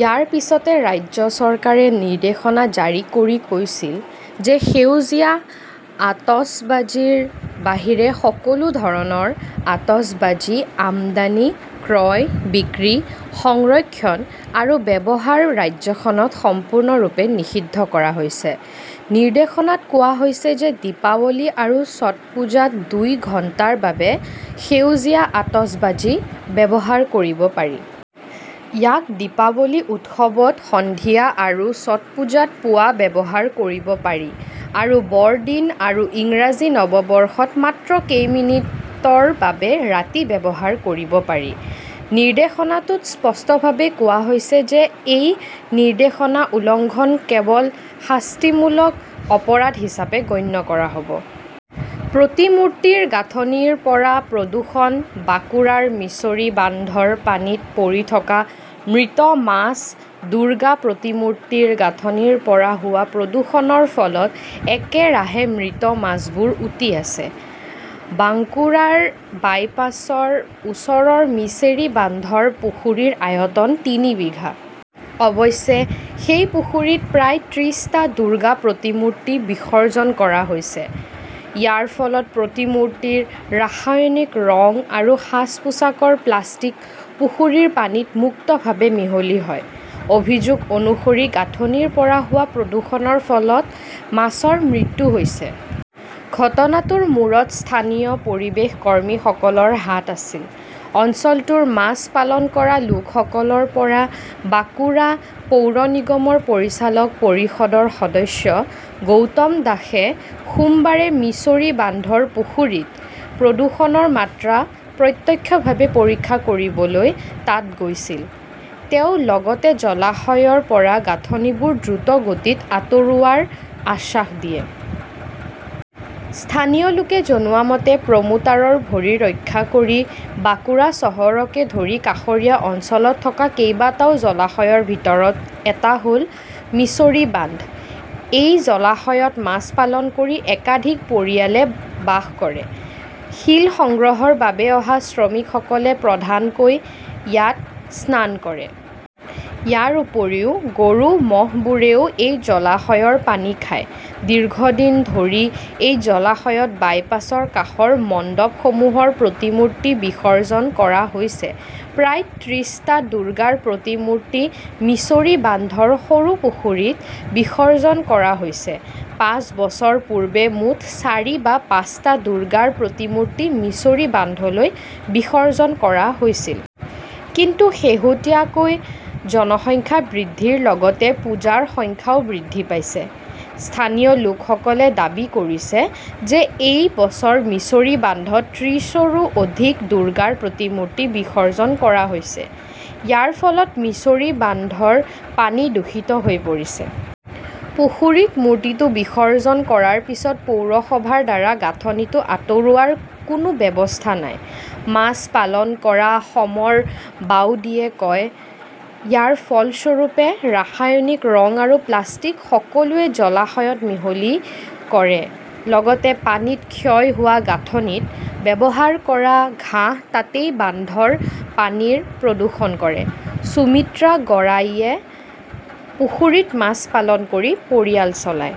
ইয়াৰ পিছতে ৰাজ্য চৰকাৰে নিৰ্দেশনা জাৰি কৰি কৈছিল যে সেউজীয়া আতচবাজীৰ বাহিৰে সকলো ধৰণৰ আতচবাজী আমদানি, ক্ৰয়, বিক্ৰী, সংৰক্ষণ আৰু ব্যৱহাৰ ৰাজ্যখনত সম্পূৰ্ণৰূপে নিষিদ্ধ কৰা হৈছে। নিৰ্দেশনাত কোৱা হৈছে যে দীপাৱলী আৰু ছট পূজাত দুই ঘণ্টাৰ বাবে সেউজীয়া আতচবাজী ব্যৱহাৰ কৰিব পাৰি। ইয়াক দীপাৱলী উৎসৱত সন্ধিয়া আৰু ছট পূজাত পুৱা ব্যৱহাৰ কৰিব পাৰি। আৰু বৰদিন আৰু ইংৰাজী নৱবৰ্ষত মাত্ৰ কেইমিনিটৰ বাবে ৰাতি‌ ব্যৱহাৰ কৰিব পাৰি। নিৰ্দেশনাটোত স্পষ্টভাৱে কোৱা হৈছে যে এই নিৰ্দেশনা উলংঘন কেৱল শাস্তিমূলক অপৰাধ হিচাপে গণ্য কৰা হ 'ব। প্ৰতিমূৰ্তিৰ গাঁথনিৰ পৰা প্ৰদূষণ, বাঁকুৰাৰ মিছৰী বান্ধৰ পানীত পৰি থকা মৃত মাছ দুৰ্গা প্ৰতিমূৰ্তিৰ গাঁথনিৰ পৰা হোৱা প্ৰদূষণৰ ফলত একেৰাহে মৃত মাছবোৰ উটি আছে। বাঙ্কুৰাৰ বাইপাছৰ ওচৰৰ মিছেৰী বান্ধৰ পুখুৰীৰ আয়তন তিনি বিঘা। অৱশ্যে, সেই পুখুৰীত প্ৰায় ত্ৰিশটা দুৰ্গা প্ৰতিমূৰ্তি বিসৰ্জন কৰা হৈছে। ইয়াৰ ফলত প্ৰতিমূৰ্তিৰ ৰাসায়নিক ৰং আৰু সাজ-পোছাকৰ প্লাষ্টিক পুখুৰীৰ পানীত মুক্তভাৱে মিহলি হয়। অভিযোগ অনুসৰি গাঁথনিৰ পৰা হোৱা প্ৰদূষণৰ ফলত মাছৰ মৃত্যু হৈছে। ঘটনাটোৰ মূৰত স্থানীয় পৰিৱেশ কৰ্মীসকলৰ হাত আছিল, অঞ্চলটোৰ মাছ পালন কৰা লোকসকলৰ পৰা। বাঁকুৰা পৌৰ নিগমৰ পৰিচালক পৰিষদৰ সদস্য গৌতম দাসে সোমবাৰে মিছৰী বান্ধৰ পুখুৰীত প্ৰদূষণৰ মাত্ৰা প্ৰত্যক্ষভাৱে পৰীক্ষা কৰিবলৈ তাত গৈছিল। তেওঁ লগতে জলাশয়ৰ পৰা গাঁথনিবোৰ দ্ৰুতগতিত আঁতৰোৱাৰ আশ্বাস দিয়ে। স্থানীয় লোকে জনোৱা মতে, প্ৰমোটাৰৰ ভৰি ৰক্ষা কৰি বাঁকুৰা চহৰকে ধৰি কাষৰীয়া অঞ্চলত থকা কেইবাটাও জলাশয়ৰ ভিতৰত এটা হ'ল মিছৰী বান্ধ। এই জলাশয়ত মাছ পালন কৰি একাধিক পৰিয়ালে বাস কৰে। শিল সংগ্ৰহৰ বাবে অহা শ্ৰমিকসকলে প্ৰধানকৈ ইয়াত স্নান কৰে। ইয়াৰ উপৰিও, গৰু-ম'হবোৰেও এই জলাশয়ৰ পানী খায়। দীৰ্ঘদিন ধৰি এই জলাশয়ত বাইপাছৰ কাষৰ মণ্ডপসমূহৰ প্ৰতিমূৰ্তি বিসৰ্জন কৰা হৈছে। প্ৰায় ত্ৰিশটা দুৰ্গাৰ প্ৰতিমূৰ্তি মিছৰী বান্ধৰ সৰু পুখুৰীত বিসৰ্জন কৰা হৈছে। পাঁচ বছৰ পূৰ্বে মুঠ চাৰি বা পাঁচটা দুৰ্গাৰ প্ৰতিমূৰ্তি মিছৰী বান্ধলৈ বিসৰ্জন কৰা হৈছিল। কিন্তু শেহতীয়াকৈ জনসংখ্যা বৃদ্ধিৰ লগতে পূজাৰ সংখ্যাও বৃদ্ধি পাইছে। স্থানীয় লোকসকলে দাবী কৰিছে যে এই বছৰ মিছৰী বান্ধত ত্ৰিশৰো অধিক দুৰ্গাৰ প্ৰতিমূৰ্তি বিসৰ্জন কৰা হৈছে। ইয়াৰ ফলত মিছৰী বান্ধৰ পানী দূষিত হৈ পৰিছে। পুখুৰীত মূৰ্তিটো বিসৰ্জন কৰাৰ পিছত পৌৰসভাৰ দ্বাৰা গাঁথনিটো আঁতৰোৱাৰ কোনো ব্যৱস্থা নাই, মাছ পালন কৰা সমৰ বাউদীয়ে কয়। ইয়াৰ ফলস্বৰূপে, ৰাসায়নিক ৰং আৰু প্লাষ্টিক সকলোৱে জলাশয়ত মিহলি কৰে। লগতে পানীত ক্ষয় হোৱা গাঁথনিত ব্যৱহাৰ কৰা ঘাঁহ তাতেই বান্ধৰ পানীৰ প্ৰদূষণ কৰে। সুমিত্ৰা গড়াইয়ে পুখুৰীত মাছ পালন কৰি পৰিয়াল চলায়।